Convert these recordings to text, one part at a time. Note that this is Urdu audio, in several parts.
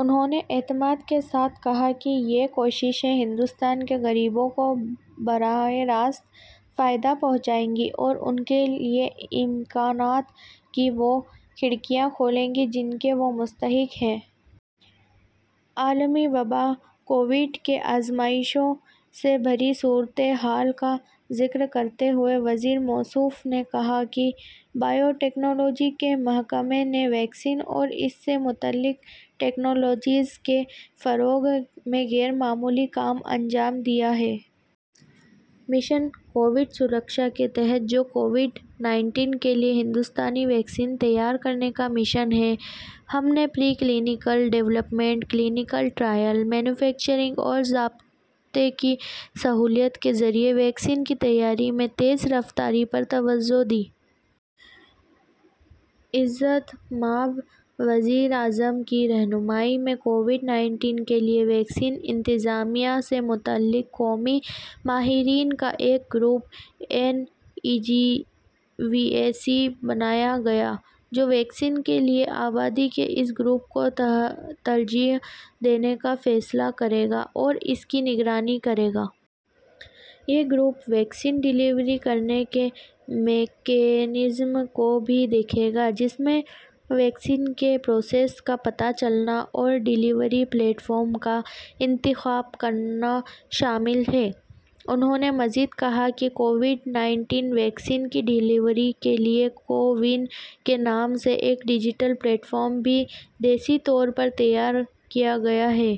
انہوں نے اعتماد کے ساتھ کہا کہ یہ کوششیں ہندوستان کے غریبوں کو براہ راست فائدہ پہنچائیں گی اور ان کے لیے امکانات کی وہ کھڑکیاں کھولیں گی جن کے وہ مستحق ہیں۔ عالمی وبا کووڈ کی آزمائشوں سے بھری صورتحال کا ذکر کرتے ہوئے وزیر موصوف نے کہا کہ بائیو ٹیکنالوجی کے محکمے نے ویکسین اور اس سے متعلق ٹیکنالوجیز کے فروغ میں غیر معمولی کام انجام دیا ہے۔ مشن کووڈ سرکھشا کے تحت، جو کووڈ نائنٹین کے لیے ہندوستانی ویکسین تیار کرنے کا مشن ہے، ہم نے preclinical development, clinical trial, manufacturing اور ضابطے کی سہولت کے ذریعے ویکسین کی تیاری میں تیز رفتاری پر توجہ دی۔ عزت مآب وزیراعظم کی رہنمائی میں کووڈ نائنٹین کے لیے ویکسین انتظامیہ سے متعلق قومی ماہرین کا ایک group N E G V A C بنایا گیا ہے، جو ویکسین کے لیے آبادی کے اس گروپ کو ترجیح دینے کا فیصلہ کرے گا اور اس کی نگرانی کرے گا۔ یہ گروپ ویکسین ڈیلیوری کرنے کے میکانزم کو بھی دیکھے گا، جس میں ویکسین کے پروسیس کا پتہ چلانا اور ڈیلیوری پلیٹ فارم کا انتخاب کرنا شامل ہے۔ انہوں نے مزید کہا کہ کووڈ نائنٹین ویکسین کی ڈیلیوری کے لیے کو وِن کے نام سے ایک ڈیجیٹل پلیٹ فارم بھی دیسی طور پر تیار کیا گیا ہے۔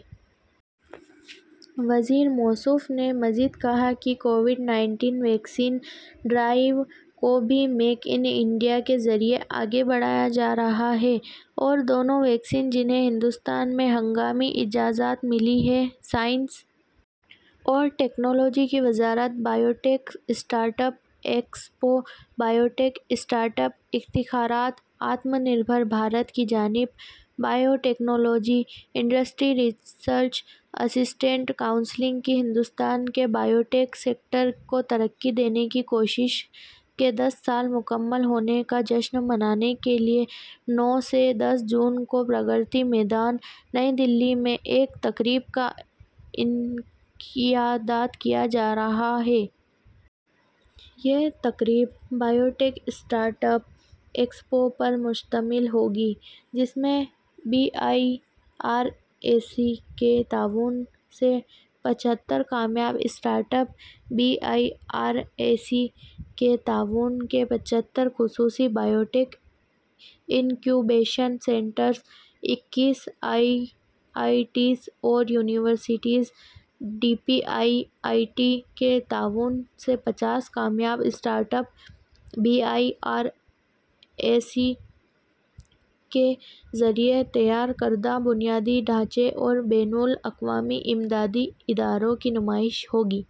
وزیر موصوف نے مزید کہا کہ کووڈ نائنٹین ویکسین ڈرائیو کو بھی میک اِن انڈیا کے ذریعے آگے بڑھایا جا رہا ہے اور دونوں ویکسین جنہیں ہندوستان میں ہنگامی اجازت ملی ہے۔ سائنس اور ٹیکنالوجی کی وزارت biotech startup expo biotech startup اختراعات: آتم نربھر بھارت کی جانب biotechnology industry research assistance council کی ہندوستان کے بائیوٹیک سیکٹر کو ترقی دینے کی کوششوں کے دس سال مکمل ہونے کا جشن منانے کے لیے، نو سے دس جون کو پرگتی میدان، نئی دہلی میں ایک تقریب کا انعقاد کیا جا رہا ہے۔ یہ تقریب بائیوٹیک اسٹارٹ اپ ایکسپو پر مشتمل ہوگی، جس میں be I R A C کے تعاون سے پچہتر کامیاب startups, B I R A C کے تعاون سے پچہتر خصوصی بائیوٹیک انکیوبیشن سینٹرز، اکیس آئی آئی ٹیز اور universities, D P I I T کے تعاون سے پچاس کامیاب startups, B I R A C کے ذریعے تیار کردہ بنیادی ڈھانچے اور بین الاقوامی امدادی اداروں کی نمائش ہوگی۔